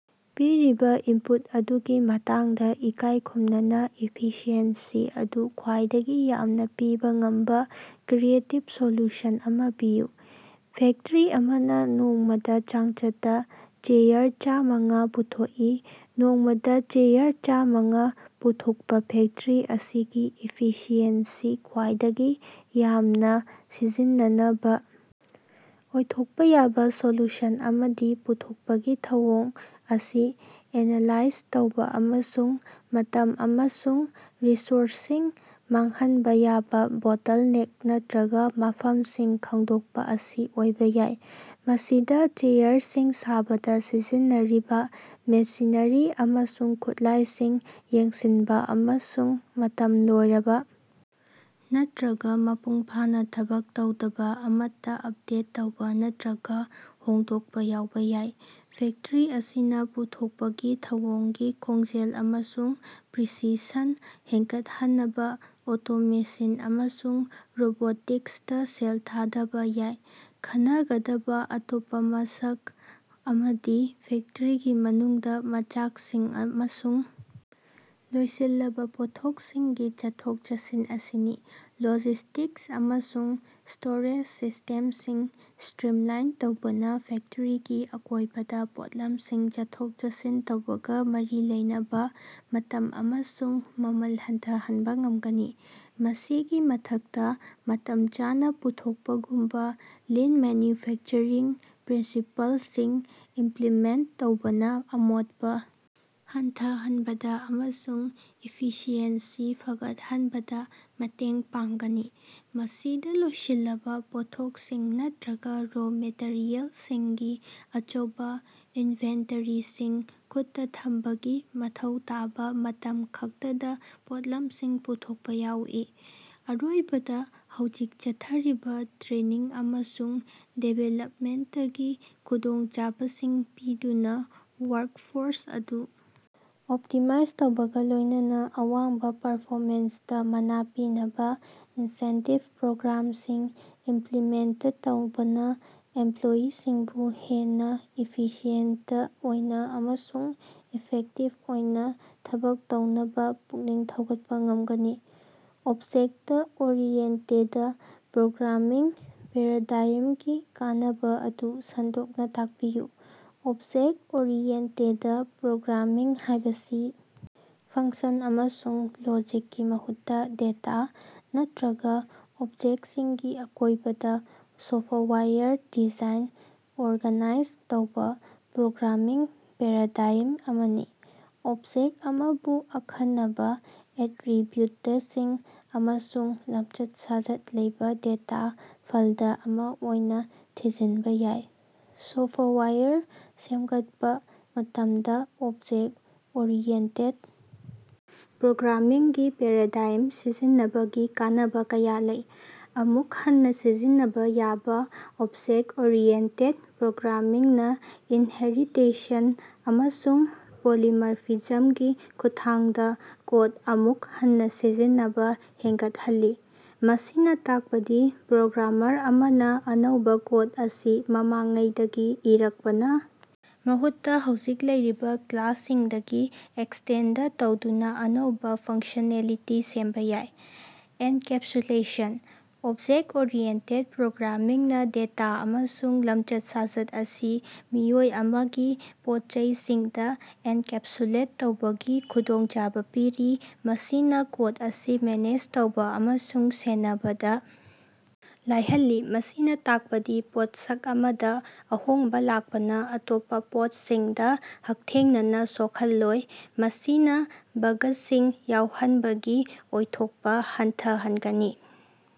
ꯄꯤꯔꯤꯕ ꯏꯟꯄꯨꯠ ꯑꯗꯨꯒꯤ ꯃꯇꯥꯡꯗ ꯏꯀꯥꯏ ꯈꯨꯝꯅꯅ, ꯏꯐꯤꯁꯤꯑꯦꯟꯁꯤ ꯑꯗꯨ ꯈ꯭ꯋꯥꯏꯗꯒꯤ ꯌꯥꯝꯅ ꯄꯤꯕ ꯉꯝꯕ ꯀ꯭ꯔꯤꯌꯦꯇꯤꯚ ꯁꯣꯂꯨꯁꯟ ꯑꯃ ꯄꯤꯌꯨ꯫ ꯐꯦꯛꯇꯔꯤ ꯑꯃꯅ ꯅꯣꯡꯃꯗ ꯆꯥꯡꯆꯠꯇ ꯆꯦꯌꯔ ꯆꯥꯃꯉꯥ ꯄꯨꯊꯣꯛꯏ꯫ ꯅꯣꯡꯃꯗ ꯆꯦꯌꯔ ꯆꯥꯃꯉꯥ ꯄꯨꯊꯣꯛꯄ ꯐꯦꯛꯇꯔꯤ ꯑꯁꯤꯒꯤ ꯏꯐꯤꯁꯤꯑꯦꯟꯁꯤ ꯈ꯭ꯋꯥꯏꯗꯒꯤ ꯌꯥꯝꯅ ꯁꯤꯖꯤꯟꯅꯅꯕ ꯑꯣꯏꯊꯣꯛꯄ ꯌꯥꯕ ꯁꯣꯂꯨꯁꯟ ꯑꯃꯗꯤ ꯄꯨꯊꯣꯛꯄꯒꯤ ꯊꯧꯑꯣꯡ ꯑꯁꯤ ꯑꯦꯅꯂꯥꯏꯖ ꯇꯧꯕ ꯑꯃꯁꯨꯡ ꯃꯇꯝ ꯑꯃꯁꯨꯡ ꯔꯤꯁꯣꯔꯁꯁꯤꯡ ꯃꯥꯡꯍꯟꯕ ꯌꯥꯕ ꯕꯣꯇꯜꯅꯦꯛ ꯅꯠꯇ꯭ꯔꯒ ꯃꯐꯝꯁꯤꯡ ꯈꯪꯗꯣꯛꯄ ꯑꯁꯤ ꯑꯣꯏꯕ ꯌꯥꯏ꯫ ꯃꯁꯤꯗ ꯆꯦꯌꯔꯁꯤꯡ ꯁꯥꯕꯗ ꯁꯤꯖꯤꯟꯅꯔꯤꯕ ꯃꯦꯁꯤꯅꯔꯤ ꯑꯃꯁꯨꯡ ꯈꯨꯠꯂꯥꯏꯁꯤꯡ ꯌꯦꯡꯁꯤꯟꯕ ꯑꯃꯁꯨꯡ ꯃꯇꯝ ꯂꯣꯏꯔꯕ ꯅꯠꯇ꯭ꯔꯒ ꯃꯄꯨꯡ ꯐꯥꯅ ꯊꯕꯛ ꯇꯧꯗꯕ ꯑꯃꯠꯇ ꯑꯞꯗꯦꯠ ꯇꯧꯕ ꯅꯠꯇ꯭ꯔꯒ ꯍꯣꯡꯗꯣꯛꯄ ꯌꯥꯎꯕ ꯌꯥꯏ꯫ ꯐꯦꯛꯇꯔꯤ ꯑꯁꯤꯅ ꯄꯨꯊꯣꯛꯄꯒꯤ ꯊꯧꯑꯣꯡꯒꯤ ꯈꯣꯡꯖꯦꯜ ꯑꯃꯁꯨꯡ ꯄ꯭ꯔꯤꯁꯤꯁꯟ ꯍꯦꯟꯒꯠꯍꯟꯅꯕ ꯑꯣꯇꯣꯃꯦꯁꯤꯟ ꯑꯃꯁꯨꯡ ꯔꯣꯕꯣꯇꯤꯛꯁꯇ ꯁꯦꯜ ꯊꯥꯗꯕ ꯌꯥꯏ꯫ ꯈꯟꯅꯒꯗꯕꯥꯑꯇꯣꯞꯄ ꯃꯁꯛ ꯑꯃꯗꯤ ꯐꯦꯛꯇꯔꯤꯒꯤ ꯃꯅꯨꯡꯗ ꯃꯆꯥꯛꯁꯤꯡ ꯑꯃꯁꯨꯡ ꯂꯣꯏꯁꯤꯜꯂꯕ ꯄꯣꯠꯊꯣꯛꯁꯤꯡꯒꯤ ꯆꯠꯊꯣꯛ-ꯆꯠꯁꯤꯟ ꯑꯁꯤꯅꯤ꯫ ꯂꯣꯖꯤꯁ꯭ꯇꯤꯛꯁ ꯑꯃꯁꯨꯡ ꯁ꯭ꯇꯣꯔꯦꯖ ꯁꯤꯁꯇꯦꯝꯁꯤꯡ ꯁꯇ꯭ꯔꯤꯝꯂꯥꯏꯟ ꯇꯧꯕꯅ ꯐꯦꯛꯇꯔꯤꯒꯤ ꯑꯀꯣꯏꯕꯗ ꯄꯣꯠꯂꯝꯁꯤꯡ ꯆꯠꯊꯣꯛ-ꯆꯠꯁꯤꯟ ꯇꯧꯕꯒꯥ ꯃꯔꯤ ꯂꯩꯅꯕ ꯃꯇꯝ ꯑꯃꯁꯨꯡ ꯃꯃꯜ ꯍꯟꯊꯍꯟꯕ ꯉꯝꯒꯅꯤ꯫ ꯃꯁꯤꯒꯤ ꯃꯊꯛꯇ, ꯃꯇꯝ ꯆꯥꯅ ꯄꯨꯊꯣꯛꯄꯒꯨꯝꯕ ꯂꯤꯟ ꯃꯦꯅ꯭ꯌꯨꯐꯦꯛꯆꯔꯤꯡ ꯄ꯭ꯔꯤꯟꯁꯤꯄꯥꯜꯁꯤꯡ ꯏꯝꯄ꯭ꯂꯤꯃꯦꯟꯇ ꯇꯧꯕꯅ ꯑꯃꯣꯠꯄ ꯍꯟꯊꯍꯟꯕꯗ ꯑꯃꯁꯨꯡ ꯏꯐꯤꯁꯤꯑꯦꯟꯁꯤ ꯐꯒꯠꯍꯟꯕꯗ ꯃꯇꯦꯡ ꯄꯥꯡꯒꯅꯤ꯫ ꯃꯁꯤꯗ ꯂꯣꯏꯁꯤꯜꯂꯕ ꯄꯣꯠꯊꯣꯛꯁꯤꯡ ꯅꯠꯇ꯭ꯔꯒ ꯔꯣ ꯃꯦꯇꯔꯤꯌꯦꯜꯁꯤꯡꯒꯤ ꯑꯆꯧꯕ ꯏꯟꯚꯦꯟꯇꯔꯤꯁꯤꯡ ꯈꯨꯠꯇ ꯊꯝꯕꯗꯒꯤ ꯃꯊꯧ ꯇꯥꯕ ꯃꯇꯝ ꯈꯛꯇꯗ ꯄꯣꯠꯂꯝꯁꯤꯡ ꯄꯨꯊꯣꯛꯄ ꯌꯥꯎꯏ꯫ ꯑꯔꯣꯏꯕꯗ, ꯍꯧꯖꯤꯛ ꯆꯠꯊꯔꯤꯕ ꯇ꯭ꯔꯦꯅꯤꯡ ꯑꯃꯁꯨꯡ ꯗꯤꯚꯦꯂꯞꯃꯦꯟꯇꯒꯤ ꯈꯨꯗꯣꯡꯆꯥꯕꯁꯤꯡ ꯄꯤꯗꯨꯅ ꯋ꯭ꯥꯔ꯭ꯛꯐꯣꯔꯁ ꯑꯗꯨ ꯑꯣꯞꯇꯤꯃꯥꯏꯖ ꯇꯧꯕꯒ ꯂꯣꯏꯅꯅ, ꯑꯋꯥꯡꯕ ꯄꯔꯐꯣꯃꯦꯟꯁꯇ ꯃꯅꯥ ꯄꯤꯅꯕ ꯏꯟꯁꯦꯟꯇꯤꯚ ꯄ꯭ꯔꯣꯒ꯭ꯔꯥꯝꯁꯤꯡ ꯏꯝꯄ꯭ꯂꯤꯃꯦꯟꯇ ꯇꯧꯕꯅ ꯏꯝꯄ꯭ꯂꯣꯌꯤꯁꯤꯡꯕꯨ ꯍꯦꯟꯅ ꯏꯐꯤꯁꯤꯑꯦꯟꯇ ꯑꯣꯏꯅ ꯑꯃꯁꯨꯡ ꯏꯐꯦꯛꯇꯤꯚ ꯑꯣꯏꯅ ꯊꯕꯛ ꯇꯧꯅꯕ ꯄꯨꯛꯅꯤꯡ ꯊꯧꯒꯠꯄ ꯉꯃꯒꯅꯤ꯫ ꯑꯣꯕꯖꯦꯛꯇ-ꯑꯣꯔꯤꯑꯦꯟꯇꯦꯗ ꯄ꯭ꯔꯣꯒ꯭ꯔꯥꯃꯤꯡ ꯄꯦꯔꯥꯗꯥꯏꯝꯒꯤ ꯀꯥꯟꯅꯕ ꯑꯗꯨ ꯁꯟꯗꯣꯛꯅ ꯇꯥꯛꯄꯤꯌꯨ꯫ ꯑꯣꯕꯖꯦꯛ-ꯑꯣꯔꯤꯑꯦꯟꯇꯦꯗ ꯄ꯭ꯔꯣꯒ꯭ꯔꯥꯃꯤꯡ ꯍꯥꯢꯕꯁꯤ ꯐꯪꯁꯟ ꯑꯃꯁꯨꯡ ꯂꯣꯖꯤꯛꯀꯤ ꯃꯍꯨꯠꯇ ꯗꯦꯇꯥ, ꯅꯠꯇ꯭ꯔꯒ ꯑꯣꯕꯖꯦꯛꯁꯤꯡꯒꯤ ꯑꯀꯣꯏꯕꯗ ꯁꯣꯐꯋꯥꯌꯔ ꯗꯤꯖꯥꯏꯟ ꯑꯣꯔꯒꯥꯅꯥꯏꯖ ꯇꯧꯕ ꯄ꯭ꯔꯣꯒ꯭ꯔꯥꯃꯤꯡ ꯄꯦꯔꯥꯗꯥꯏꯝ ꯑꯃꯅꯤ꯫ ꯑꯣꯕꯖꯦꯛ ꯑꯃꯕꯨ ꯑꯈꯟꯅꯕ ꯑꯦꯠꯔꯤꯕꯤꯎꯇꯁꯤꯡ ꯑꯃꯁꯨꯡ ꯂꯝꯆꯠ-ꯁꯥꯖꯠ ꯂꯩꯕ ꯗꯦꯇꯥ ꯐꯥꯜꯗ ꯑꯃ ꯑꯣꯏꯅ ꯊꯤꯖꯤꯟꯕ ꯌꯥꯏ꯫ ꯁꯣꯐꯋꯥꯌꯔ ꯁꯦꯞꯒꯠꯄ ꯃꯇꯝꯗ ꯑꯣꯕꯖꯦꯛ ꯑꯣꯔꯤꯌꯦꯟꯇꯦꯠ ꯄ꯭ꯔꯣꯒ꯭ꯔꯥꯃꯤꯡ ꯒꯤ ꯄꯦꯔꯥꯗꯥꯏꯝ ꯁꯤꯖꯤꯟꯅꯕꯒꯤ ꯀꯥꯟꯅꯕ ꯀꯌꯥ ꯂꯩ: ꯑꯃꯨꯛ ꯍꯟꯅ ꯁꯤꯖꯤꯟꯅꯕ ꯌꯥꯕ: ꯑꯣꯕꯖꯦꯛ ꯑꯣꯔꯤꯌꯦꯟꯇꯦꯠ ꯄ꯭ꯔꯣꯒ꯭ꯔꯥꯃꯤꯡ ꯅ ꯏꯟꯍꯦꯔꯤꯇꯦꯁꯟ ꯑꯃꯁꯨꯡ ꯄꯣꯂꯤꯃꯔꯐꯤꯖꯝꯒꯤ ꯈꯨꯠꯊꯥꯡꯗ ꯀꯣꯗ ꯑꯃꯨꯛ ꯍꯟꯅ ꯁꯤꯖꯤꯟꯅꯕ ꯍꯦꯟꯒꯠꯍꯜꯂꯤ꯫ ꯃꯁꯤꯅ ꯇꯥꯛꯄꯗꯤ ꯄ꯭ꯔꯣꯒ꯭ꯔꯥꯃꯔ ꯑꯃꯅ ꯑꯅꯧꯕ ꯀꯣꯗ ꯑꯁꯤ ꯃꯃꯥꯡꯉꯩꯗꯒꯤ ꯏꯔꯛꯄꯅ ꯃꯍꯨꯠꯇ, ꯍꯧꯖꯤꯛ ꯂꯩꯔꯤꯕ ꯀ꯭ꯂꯥꯁꯁꯤꯡꯗꯒꯤ ꯑꯦꯛꯁꯇꯦꯟꯗ ꯇꯧꯗꯨꯅ ꯑꯅꯧꯕ ꯐꯪꯁꯅꯦꯂꯤꯇꯤ ꯁꯦꯝꯕ ꯌꯥꯏ꯫ ꯑꯦꯟꯀꯦꯞꯁꯨꯂꯦꯁꯟ: ꯑꯣꯕꯖꯦꯛ ꯑꯣꯔꯤꯌꯦꯟꯇꯦꯠ ꯄ꯭ꯔꯣꯒ꯭ꯔꯥꯃꯤꯡ ꯅ ꯗꯦꯇꯥ ꯑꯃꯁꯨꯡ ꯂꯝꯆꯠ-ꯁꯥꯖꯠ ꯑꯁꯤ ꯃꯤꯑꯣꯏ ꯑꯃꯒꯤ ꯄꯣꯠꯆꯩꯁꯤꯡꯗ ꯑꯦꯟꯀꯦꯞꯁꯨꯂꯦꯠ ꯇꯧꯕꯒꯤ ꯈꯨꯗꯣꯡꯆꯥꯕ ꯄꯤꯔꯤ, ꯃꯁꯤꯅ ꯀꯣꯗ ꯑꯁꯤ ꯃꯦꯅꯦꯖ ꯇꯧꯕ ꯑꯃꯁꯨꯡ ꯁꯦꯟꯅꯕꯗ ꯂꯥꯏꯍꯜꯂꯤ꯫ ꯃꯁꯤꯅ ꯇꯥꯛꯄꯗꯤ ꯄꯣꯠꯁꯛ ꯑꯃꯗ ꯑꯍꯣꯡꯕ ꯂꯥꯛꯄꯅ ꯑꯇꯣꯞꯄ ꯄꯣꯠꯁꯤꯡꯗ ꯍꯛꯊꯦꯡꯅꯅ ꯁꯣꯛꯍꯜꯂꯣꯏ, ꯃꯁꯤꯅ ꯕꯥꯒꯁꯤꯡ ꯌꯥꯎꯍꯟꯕꯒꯤ ꯑꯣꯏꯊꯣꯛꯄ ꯍꯟꯊꯍꯟꯒꯅꯤ꯫